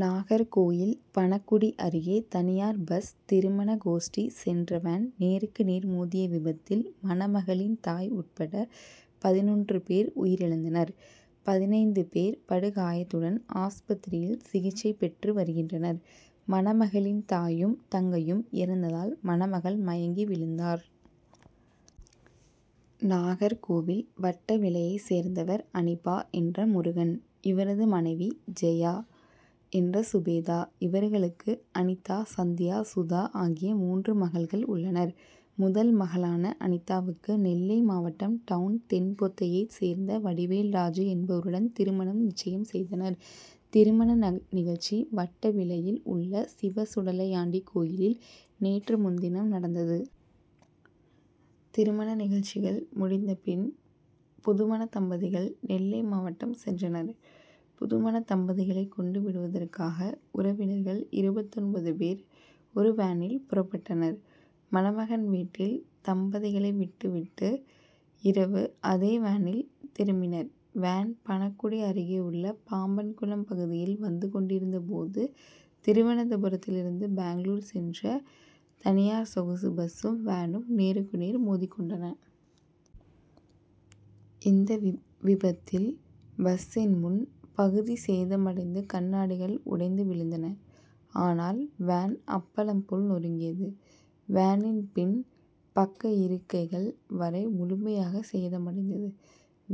நாகர்கோவில் பணக்குடி அருகே தனியார் பஸ் திருமண கோஷ்டி சென்ற வேன் நேருக்கு நேர் மோதிய விபத்தில் மணமகளின் தாய் உட்பட பதினொன்று பேர் உயிரிழந்தனர். பதினைந்து பேர் படுகாயத்துடன் ஆஸ்பத்திரியில் சிகிச்சை பெற்று வருகின்றனர். மணமகளின் தாயும், தங்கையும் இறந்ததால் மணமகள் மயங்கி விழுந்தார். நாகர்கோவில் வட்டவிளையை சேர்ந்தவர் அனிபா என்ற முருகன். இவரது மனைவி ஜெயா என்ற சுபேதா. இவர்களுக்கு அனிதா, சந்தியா, சுதா ஆகிய மூன்று மகள்கள் உள்ளனர். முதல் மகளான அனிதாவுக்கு நெல்லை மாவட்டம் டவுண் தென்பொத்தையை சேர்ந்த வடிவேல்ராஜ் என்பவருடன் திருமணம் நிச்சயம் செய்தனர். திருமண நிகழ்ச்சி வட்டவிளையில் உள்ள சிவசுடலையாண்டி கோயிலில் நேற்று முன்தினம் நடந்தது. திருமண நிகழ்ச்சிகள் முடிந்த பின் புதுமணத்தம்பதிகள் நெல்லை மாவட்டம் சென்றனர். புதுமணத்தம்பதிகளை கொண்டு விடுவதற்காக உறவினர்கள் இருபத்தொன்பது பேர் ஒரு வேனில் புறப்பட்டனர். மணமகன் வீட்டில் தம்பதிகளை விட்டுவிட்டு இரவு அதே வேனில் திரும்பினர். வேன் பணக்குடி அருகேயுள்ள பாம்பன்குளம் பகுதியில் வந்துக்கொண்டிருந்த போது திருவனந்தபுரத்தில் இருந்து பெங்களூர் சென்ற தனியார் சொகுசு பஸ்சும் வேனும் நேருக்கு நேர் மோதிக்கொண்டன. இந்த விபத்தில் பஸ்சின் முன் பகுதி சேதமடைந்து கண்ணாடிகள் உடைந்து விழுந்தன. ஆனால் வேன் அப்பளம் போல் நொருங்கியது. வேனின் பின் பக்க இருக்கைகள் வரை முழுமையாக சேதமடைந்தது.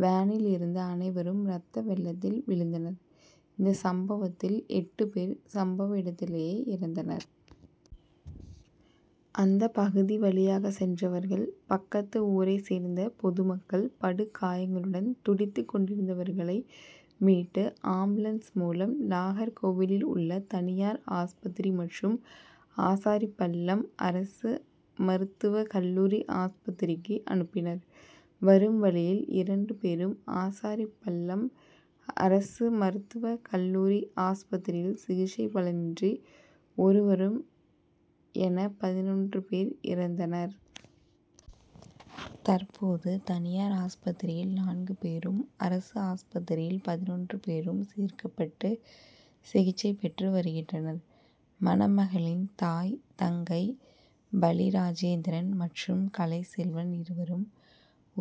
வேனில் இருந்த அனைவரும் ரத்தவெள்ளத்தில் விழுந்தனர். இந்த சம்பவத்தில் எட்டு பேர் சம்பவ இடத்திலேயே இறந்தனர். அந்த பகுதி வழியாக சென்றவர்கள், பக்கத்து ஊரை சேர்ந்த பொதுமக்கள் படுகாயங்களுடன் துடித்துக்கொண்டிருந்தவர்களை மீட்டு ஆம்புலன்ஸ் மூலம் நாகர்கோவிலில் உள்ள தனியார் ஆஸ்பத்திரி மற்றும் ஆசாரிபள்ளம் அரசு மருத்துவ கல்லூரி ஆஸ்பத்திரிக்கு அனுப்பினர். வரும் வழியில் இரண்டு பேரும், ஆசாரிபள்ளம் அரசு மருத்துவ கல்லூரி ஆஸ்பத்திரியில் சிகிச்சை பலனின்றி ஒருவரும் என பதினொன்று பேர் இறந்தனர். தற்போது தனியார் ஆஸ்பத்திரியில் நான்கு பேரும், அரசு ஆஸ்பத்திரியில் பதினொன்று பேரும் சேர்க்கப்பட்டு சிகிச்சை பெற்று வருகின்றனர். மணமகளின் தாய், தங்கை பலிராஜேந்திரன் மற்றும் கலைச்செல்வன் இருவரும்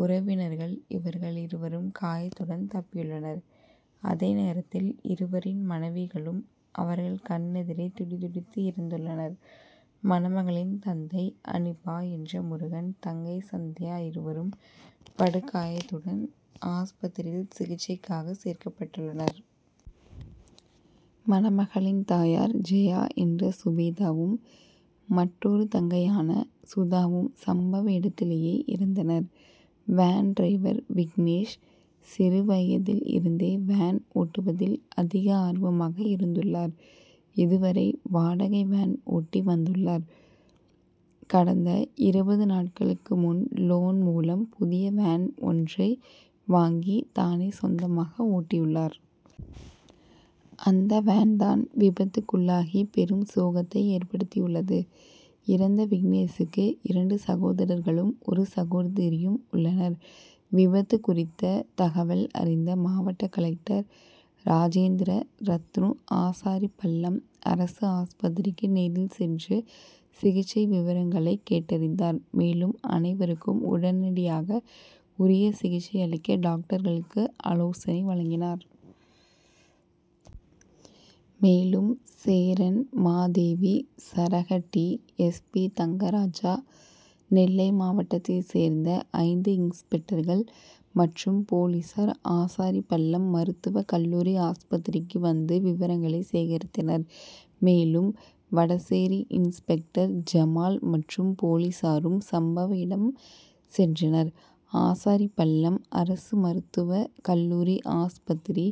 உறவினர்கள். இவர்கள் இருவரும் காயத்துடன் தப்பியுள்ளனர். அதேநேரத்தில் இருவரின் மனைவிகளும் அவர்கள் கண்ணெதிரே துடிதுடித்து இறந்துள்ளனர். மணமகளின் தந்தை அனீபா என்ற முருகன், தங்கை சந்தியா இருவரும் படுகாயத்துடன் ஆஸ்பத்திரியில் சிகிச்சைக்காக சேர்க்கப்பட்டுள்ளனர். மணகளின் தாயார் ஜெயா என்ற சுபோதவும், மற்றொரு தங்கையான சுதாவும் சம்பவ இடத்திலேயே இறந்தனர். வேன்டிரைவர் விக்னேஷ் சிறுவயதில் இருந்தே வேன் ஓட்டுவதில் அதிக ஆர்வமாக இருந்துள்ளார். இதுவரை வாடகை வேன் ஓட்டி வந்துள்ளார். கடந்த இருபது நாட்களுக்கு முன்லோன் மூலம் புதிய வேன் ஒன்றை வாங்கி தானே சொந்தமாக ஓட்டியுள்ளார். அந்த வேன்தான் விபத்துக்குள்ளாகி பெரும் சோகத்தை ஏற்படுத்தியுள்ளது. இறந்த விக்னேசுக்கு இரண்டு சகோதரர்களும், ஒரு சகோதரியும் உள்ளனர். விபத்து குறித்த தகவல் அறிந்த மாவட்ட கலெக்டர் ராஜேந்திர ரத்னு ஆசாரிபள்ளம் அரசு ஆஸ்பத்திரிக்கு நேரில் சென்று சிகிச்சை விவரங்களை கேட்டறிந்தார். மேலும் அனைவருக்கும் உடனடியாக உரிய சிகிச்சை அளிக்க டாக்டர்களுக்கு ஆலோசனை வழங்கினார். மேலும் சேரன்மாதேவி சரக D. S. P. Thangaraja, Nellai மாவட்டத்தை சேர்ந்த ஐந்து இன்ஸ்பெக்டர்கள் மற்றும் போலீசார் ஆசாரிபள்ளம் மருத்துவ கல்லூரி ஆஸ்பத்திரிக்கு வந்து விவரங்களை சேகரித்தனர். மேலும் வடசேரி இன்ஸ்பெக்டர் ஜமால் மற்றும் போலீசாரும் சம்பவ இடம் சென்றனர். ஆசாரிபள்ளம் அரசு மருத்துவ கல்லூரி ஆஸ்பத்திரி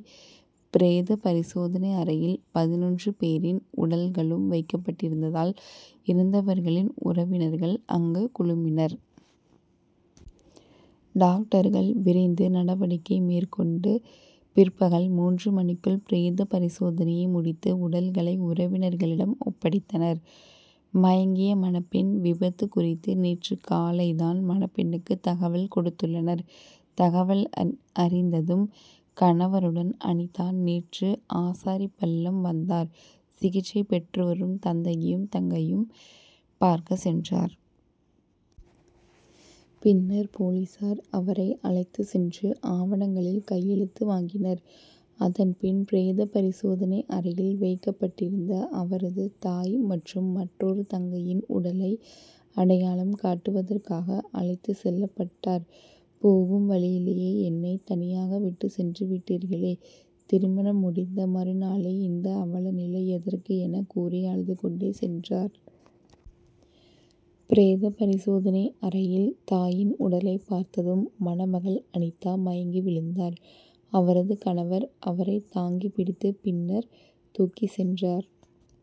பிரேத பரிசோதனை அறையில் பதினொன்று பேரின் உடல்களும் வைக்கப்பட்டிருந்ததால் இறந்தவர்களின் உறவினர்கள் அங்கு குழுமினர். டாக்டர்கள் விரைந்து நடவடிக்கை மேற்கொண்டு பிற்பகல் மூன்று மணிக்குள் பிரேத பரிசோதனையை முடித்து உடல்களை உறவினர்களிடம் ஒப்படைத்தனர். மயங்கிய மணப்பெண் விபத்து குறித்து நேற்று காலை தான் மணப்பெண்ணுக்கு தகவல் கொடுத்துள்ளனர். தகவல் அறிந்ததும் கணவருடன் அனிதா நேற்று ஆசாரிபள்ளம் வந்தார். சிகிச்சை பெற்றுவரும் தந்தையையும் தங்கையையும் பார்க்க சென்றார். பின்னர் போலீசார் அவரை அழைத்து சென்று ஆவணங்களில் கையெழுத்து வாங்கினர். அதன்பின் பிரேத பரிசோதனை அறையில் வைக்கப்பட்டிருந்த அவரது தாய் மற்றும் மற்றொரு தங்கையின் உடலை அடையாளம் காட்டுவதற்காக அழைத்து செல்லப்பட்டார். போகும் வழியிலேயே என்னை தனியாக விட்டு சென்றுவிட்டீர்களே, திருமணம் முடிந்த மறுநாளே இந்த அவலநிலை எதற்கு என கூறி அழுதுக்கொண்டே சென்றார். பிரேத பரிசோதனை அறையில் தாயின் உடலை பார்த்ததும் மணமகள் அனிதா மயங்கி விழுந்தார். அவரது கணவர் அவரை தாங்கி பிடித்து பின்னர் தூக்கி சென்றார்.